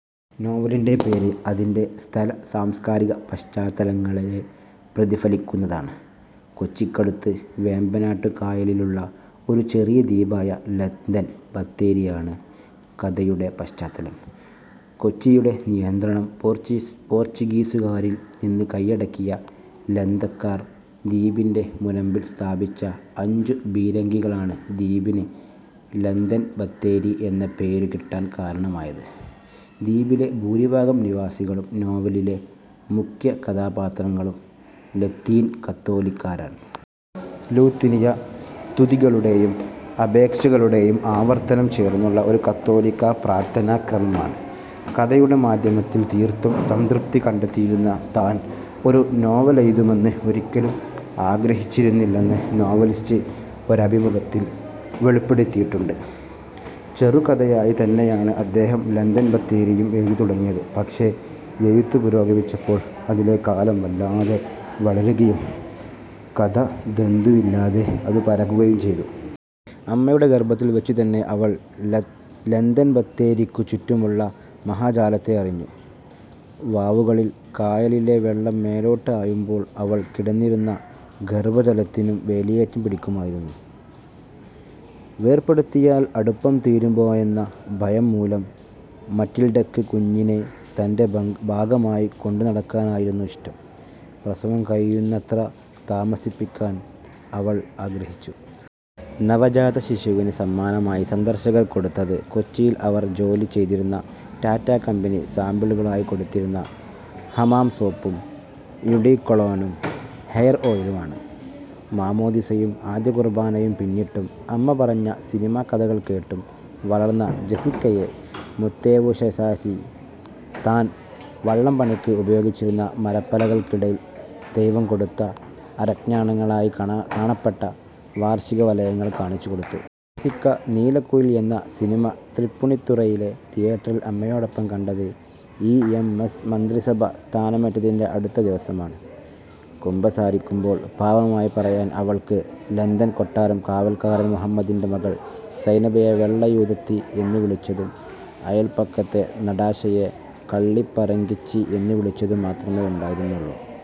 നോവലിന്റെ പേര് അതിന്റെ സ്ഥല-സാസ്കാരികപശ്ചാത്തലങ്ങളെ പ്രതിഫലിപ്പിക്കുന്നതാണ്. കൊച്ചിക്കടുത്ത് വേമ്പനാട്ടുകായലിലുള്ള ഒരു ചെറിയ ദ്വീപായ ലന്തൻ ബത്തേരിയാണ് കഥയുടെ പശ്ചാത്തലം. കൊച്ചിയുടെ നിയന്ത്രണം പോർച്ചുഗീസുകാരിൽ നിന്ന് കയ്യടക്കിയ 'ലന്തക്കാർ' ദ്വീപിന്റെ മുനമ്പിൽ സ്ഥാപിച്ച അഞ്ചു പീരങ്കികളാണ് ദ്വീപിന് ലന്തൻ ബത്തേരി എന്ന പേരു കിട്ടാൻ കാരണമായത്. ദ്വീപിലെ ഭൂരിഭാഗം നിവാസികളും നോവലിലെ മുഖ്യകഥാപാത്രങ്ങളും ലത്തീൻ കത്തോലിക്കരാണ്. 'ലുത്തിനിയ' സ്തുതികളുടേയും അപേക്ഷകളുടേയും ആവർത്തനം ചേർന്നുള്ള ഒരു കത്തോലിക്കാ പ്രാർത്ഥാനാക്രമമാണ്. കഥയുടെ മാധ്യമത്തിൽ തീർത്തും സംതൃപ്തി കണ്ടെത്തിയിരുന്ന താൻ ഒരു നോവലെഴുതണമെന്ന് ഒരിക്കലും ആഗ്രഹിച്ചിരുന്നില്ലെന്ന് നോവലിസ്റ്റ് ഒരഭിമുഖത്തിൽ വെളിപ്പെടുത്തിയിട്ടുണ്ട്. ചെറുകഥയായി തന്നെയാണ് അദ്ദേഹം ലന്തൻ ബത്തേരിയും എഴുതി തുടങ്ങിയത്. പക്ഷേ എഴുത്തു പുരോഗമിച്ചപ്പോൾ അതിലെ കാലം വല്ലാതെ വളരുകയും കഥാതന്തുവില്ലാതെ അതു പരക്കുകയും ചെയ്തു. അമ്മയുടെ ഗർഭത്തിൽ വച്ചുതന്നെ അവൾ ലന്തൻബത്തേരിക്കുചുറ്റുമുള്ള മഹാജലത്തെ അറിഞ്ഞു. വാവുകളിൽ കായലിലെ വെള്ളം മേലോട്ട് ആയുമ്പോൾ അവൾ കിടന്നിരുന്ന ഗർഭജലത്തിനും വേലിയേറ്റം പിടിക്കുമായിരുന്നു. വേർപെടുത്തിയാൽ അടുപ്പം തീരുമോയെന്ന ഭയം മൂലം മറ്റിൽഡക്ക് കുഞ്ഞിനെ തന്റെ ഭാഗമായി കൊണ്ടുനടക്കാനായിരുന്നു ഇഷ്ടം. പ്രസവം കഴിയുന്നത്ര താമസിപ്പിക്കാൻ അവൾ ആഗ്രഹിച്ചു. നവജാതശിശുവിന് സമ്മാനമായി സന്ദർശകർ കൊടുത്തത് കൊച്ചിയിൽ അവർ ജോലി ചെയ്തിരുന്ന റ്റാറ്റാ കമ്പനി സാമ്പിളുകളായി കൊടുത്തിരുന്ന ഹമാം സോപ്പും, യുഡികൊളോണും, ഹെയർ ഓയിലുമാണ്. മാമ്മോദീസയും ആദ്യകുർബ്ബാനയും പിന്നിട്ടും അമ്മ പറഞ്ഞ സിനിമാക്കഥകൾ കേട്ടും വളർന്ന ജെസ്സിക്കയെ മത്തേവൂസാശാരി താൻ വള്ളം പണിക്ക് ഉപയോഗിച്ചിരുന്ന മരപ്പലകകളിൾ ദൈവം കൊടുത്ത അരഞ്ഞാണങ്ങളായി കാണപ്പെട്ട വാർഷികവലയങ്ങൾ കാണിച്ചുകൊടുത്തു. ജെസ്സിക്ക 'നീലക്കുയിൽ' എന്ന സിനിമ തൃപ്പൂണിത്തുറയിലെ തിയേറ്ററിയിൽ അമ്മയോടൊപ്പം കണ്ടത് ഇ. എം. എസ്. മന്ത്രിസഭ സ്ഥാനമേറ്റതിന്റെ അടുത്ത ദിവസമാണ്. കുമ്പസാരിക്കുമ്പോൾ പാപമായി പറയാൻ അവൾക്ക് ലന്തൻ കൊട്ടാരം കാവൽക്കാരൻ മുഹമ്മദിന്റെ മകൾ സൈനബയെ 'വെള്ളയൂദത്തി' എന്നുവിളിച്ചതും അയല്പക്കത്തെ നടാഷയെ 'കള്ളിപ്പറങ്കിച്ചി' എന്നു വിളിച്ചതും മാത്രമേ ഉണ്ടായിരുന്നുള്ളു.